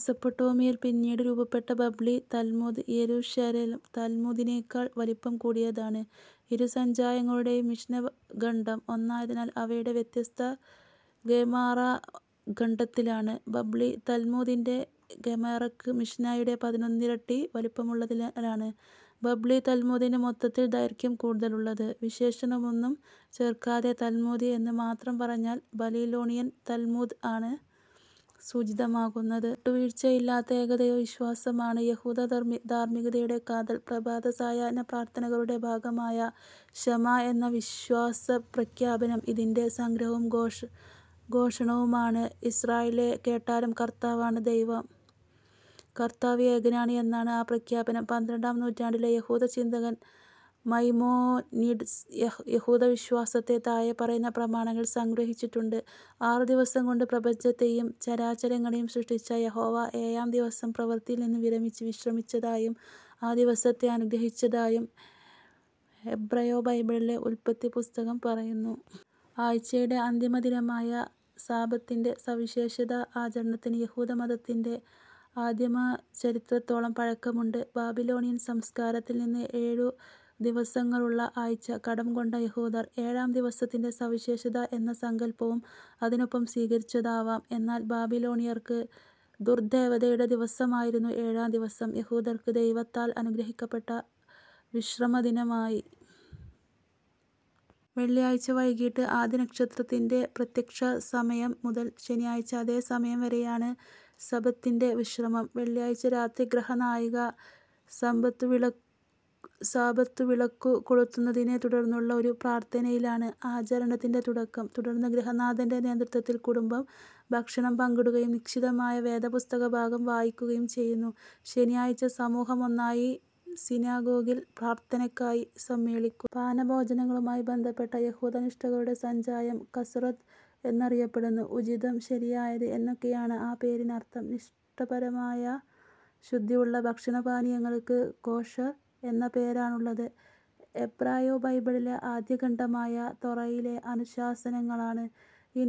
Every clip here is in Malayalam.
മെസോപ്പെട്ടൊമിയായിൽ പിന്നീടു രൂപപ്പെട്ട 'ബാബ്ലി' താൽമുദ്, യെരുശലേം താൽമുദിനേക്കാൾ വലിപ്പം കൂടിയതാണ്. ഇരു സഞ്ചയങ്ങളുടെയും മിശ്നാ ഖണ്ഡം ഒന്നായതിനാൽ അവയുടെ വ്യത്യസ്തത ഗെമാറ ഖണ്ഡത്തിലാണ്. 'ബബ്ലി' താൽമുദിന്റെ ഗെമാറക്ക് മിശ്നായുടെ പതിനൊന്നിരട്ടി വലിപ്പമുള്ളതിനാലാണ് 'ബാബ്ലി' താൽമുദിന് മൊത്തത്തിൽ ദൈർഘ്യം കൂടുതലുള്ളത്. വിശേഷണമൊന്നും ചേർക്കാതെ താൽമുദ് എന്നു മാത്രം പറഞ്ഞാൽ ബാലിലോണിയൻ താൽമുദ് ആണ് സൂചിതമാകുന്നത്. വിട്ടുവീഴ്ചയില്ലാത്ത ഏകദൈവവിശ്വാസമാണ് യഹൂദധാർമ്മികതയുടെ കാതൽ. പ്രഭാത-സായാഹ്നപ്രാർത്ഥനകളുടെ ഭാഗമായ ഷെമാ എന്ന വിശ്വാസപ്രഖ്യാപനം, ഇതിന്റെ സംഗ്രഹവും ഘോഷണവുമാണ്. "യിസ്രായേലേ കേട്ടാലും: കർത്താവാണ് ദൈവം; കർത്താവ് ഏകനാണ്" എന്നാണ് ആ പ്രഖ്യാപനം. പന്ത്രണ്ടാം നൂറ്റാണ്ടിലെ യഹൂദചിന്തകൻ മൈമോനിഡിസ്, യഹൂദവിശ്വാസത്തെ താഴെപ്പറയുന്ന പ്രമാണങ്ങളിൽ സംഗ്രഹിച്ചിട്ടുണ്ട്. ആറുദിവസം കൊണ്ട് പ്രപഞ്ചത്തേയും ചരാചരങ്ങളേയും സൃഷ്ടിച്ച യഹോവ ഏഴാം ദിവസം പ്രവൃത്തിയിൽ നിന്നു വിരമിച്ച് വിശ്രമിച്ചതായും ആ ദിവസത്തെ അനുഗ്രഹിച്ചതായും എബ്രായബൈബിളിലെ ഉല്പത്തിപ്പുസ്തകം പറയുന്നു. ആഴ്ചയുടെ അന്തിമദിനമായ സാബത്തിന്റെ സവിശേഷമായ ആചരണത്തിന് യഹൂദമതത്തിന്റെ ആദിമചരിത്രത്തോളം പഴക്കമുണ്ട്. ബാബിലോണിയൻ സംസ്കാരത്തിൽ നിന്ന് ഏഴു ദിവസങ്ങളുള്ള ആഴ്ച കടം കൊണ്ട യഹൂദർ, ഏഴാം ദിവസത്തിന്റെ സവിശേഷത എന്ന സങ്കല്പവും അതിനൊപ്പം സ്വീകരിച്ചതാവാം. എന്നാൽ ബാബിലോണിയർക്ക് ദുർദ്ദേവതയുടെ ദിവസമായിരുന്ന ഏഴാം ദിവസം യഹൂദർക്ക് ദൈവത്താൽ അനുഗ്രഹിക്കപ്പെട്ട വിശ്രമദിനമായി. വെള്ളിയാഴ്ച വൈകിട്ട് ആദ്യനക്ഷത്രത്തിന്റെ പ്രത്യക്ഷസമയം മുതൽ ശനിയാഴ്ച അതേസമയം വരെയാണ് സബത്തിന്റെ വിശ്രമം. വെള്ളിയാഴ്ച രാത്രി ഗൃഹനായിക സാബത്തു വിളക്കു കൊളുത്തുന്നതിനെ തുടർന്നുള്ള ഒരു പ്രാർത്ഥനയിലാണ് ആചരണത്തിന്റെ തുടക്കം. തുടർന്ന് ഗൃഹനാഥന്റെ നേതൃത്വത്തിൽ കുടുംബം ഭക്ഷണം പങ്കിടുകയും നിശ്ചിതമായ വേദപുസ്തകഭാഗം വായിക്കുകയും ചെയ്യുന്നു. ശനിയാഴ്ച സമൂഹമൊന്നായി സിനഗോഗിൽ പ്രാർത്ഥനക്കായി സമ്മേളിക്കുന്നു. പാനഭോജനങ്ങളുമായി ബന്ധപ്പെട്ട യഹൂദനിഷ്ഠകളുടെ സഞ്ചയം 'കസ്രുത്ത്' എന്നറിയപ്പെടുന്നു. ഉചിതം, ശരിയായത്, എന്നൊക്കെയാണ് ആ പേരിനർത്ഥം. നിഷ്ഠാപരമായ ശുദ്ധിയുള്ള ഭക്ഷണപാനീയങ്ങൾക്ക് 'കോഷർ' എന്ന പേരാണുള്ളത്. എബ്രായബൈബിളിലെ ആദ്യഖണ്ഡമായ തോറയിലെ അനുശാസനങ്ങളാണ് ഈ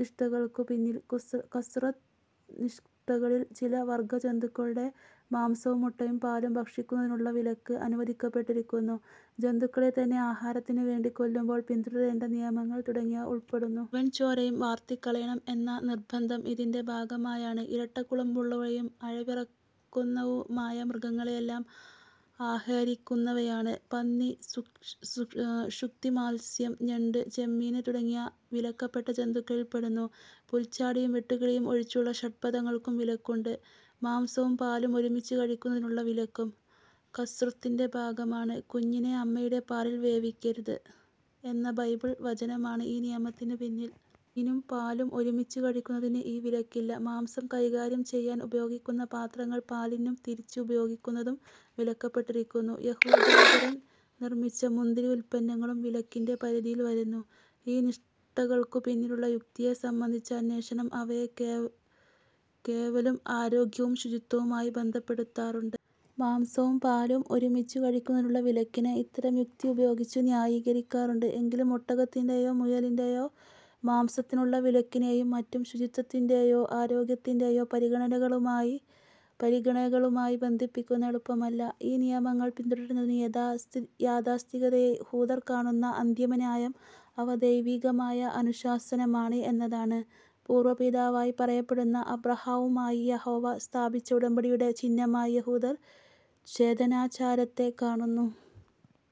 നിഷ്ഠകൾക്കു പിന്നിൽ. 'കസ്രുത്ത്'-നിഷ്ഠകളിൽ ചില വർഗ്ഗം ജന്തുക്കളുടെ മാംസവും മുട്ടയും പാലും ഭക്ഷിക്കുന്നതിനുള്ള വിലക്ക്; അനുവദിക്കപ്പെട്ടിരിക്കുന്ന ജന്തുക്കളെത്തന്നെ ആഹാരത്തിനു വേണ്ടി കൊല്ലുമ്പോൾ പിന്തുടരേണ്ട നിയമങ്ങൾ തുടങ്ങിയവ ഉൾപ്പെടുന്നു. മുഴുവൻ ചോരയും വാർത്തിക്കളയണം എന്ന നിർബ്ബന്ധം ഇതിന്റെ ഭാഗമാണ്. ഇരട്ടക്കുളമ്പുള്ളവയും അയവിറക്കുന്നവയുമായ മൃഗങ്ങളെല്ലാം ആഹരിക്കാവുന്നവയാണ്. പന്നി, ശുക്തിമത്സ്യം, ഞണ്ട്, ചെമ്മീൻ തുടങ്ങിയവ വിലക്കപ്പെട്ട ജന്തുക്കളിൽ പെടുന്നു. പുൽച്ചാടിയും വെട്ടുക്കിളിയും ഒഴിച്ചുള്ള ഷ്ഡ്പദങ്ങൾക്കും വിലക്കുണ്ട്. മാംസവും പാലും ഒരുമിച്ചു കഴിക്കുന്നതിനുള്ള വിലക്കും കസ്രുത്തിന്റെ ഭാഗമാണ്. "കുഞ്ഞിനെ അമ്മയുടെ പാലിൽ വേവിക്കരുത്" എന്ന ബൈബിൾ വചനമാണ് ഈ നിയമത്തിനു പിന്നിൽ. മീനും പാലും ഒരുമിച്ചു കഴിക്കുന്നതിന് ഈ വിലക്കില്ല. മാംസം കൈകാര്യം ചെയ്യാൻ ഉപയോഗിക്കുന്ന പാത്രങ്ങൾ പാലിനും, തിരിച്ചും ഉപയോഗിക്കുന്നതും വിലക്കപ്പെട്ടിരിക്കുന്നു. യഹൂദേതരർ നിർമ്മിച്ച മുന്തിരി ഉല്പന്നങ്ങളും വിലക്കിന്റെ പരിധിയിൽ വരുന്നു. ഈ നിഷ്ഠകൾക്കു പിന്നിലുള്ള യുക്തിയെ സംബന്ധിച്ച അന്വേഷണം, അവയെ കേവലും ആരോഗ്യവും ശുചിത്വവുമായി ബന്ധപ്പെടുത്താറുണ്ട്. മാംസവും പാലും ഒരുമിച്ചു കഴിക്കുന്നതിനുള്ള വിലക്കിനെ ഇത്തരം യുക്തി ഉപയോഗിച്ചു ന്യായീകരിക്കാറുണ്ട്. എങ്കിലും ഒട്ടകത്തിന്റേയോ മുയലിന്റേയോ മാംസത്തിനുള്ള വിലക്കിനേയും മറ്റും ശുചിത്വത്തിന്റേയോ ആരോഗ്യത്തിന്റേയോ പരിഗണനകളുമായി ബന്ധിപ്പിക്കുക എളുപ്പമല്ല. ഈ നിയമങ്ങൾ പിന്തുടരുന്നതിന് യാഥാസ്ഥിതികയഹൂദർ കാണുന്ന അന്തിമന്യായം അവ ദൈവികമായ അനുശാസനമാണ് എന്നതാണ്. പൂർവപിതാവായി പറയപ്പെടുന്ന അബ്രാഹവുമായി യഹോവ സ്ഥാപിച്ച ഉടമ്പടിയുടെ ചിഹ്നമായി യഹൂദർ ഛേദനാചാരത്തെ കാണുന്നു.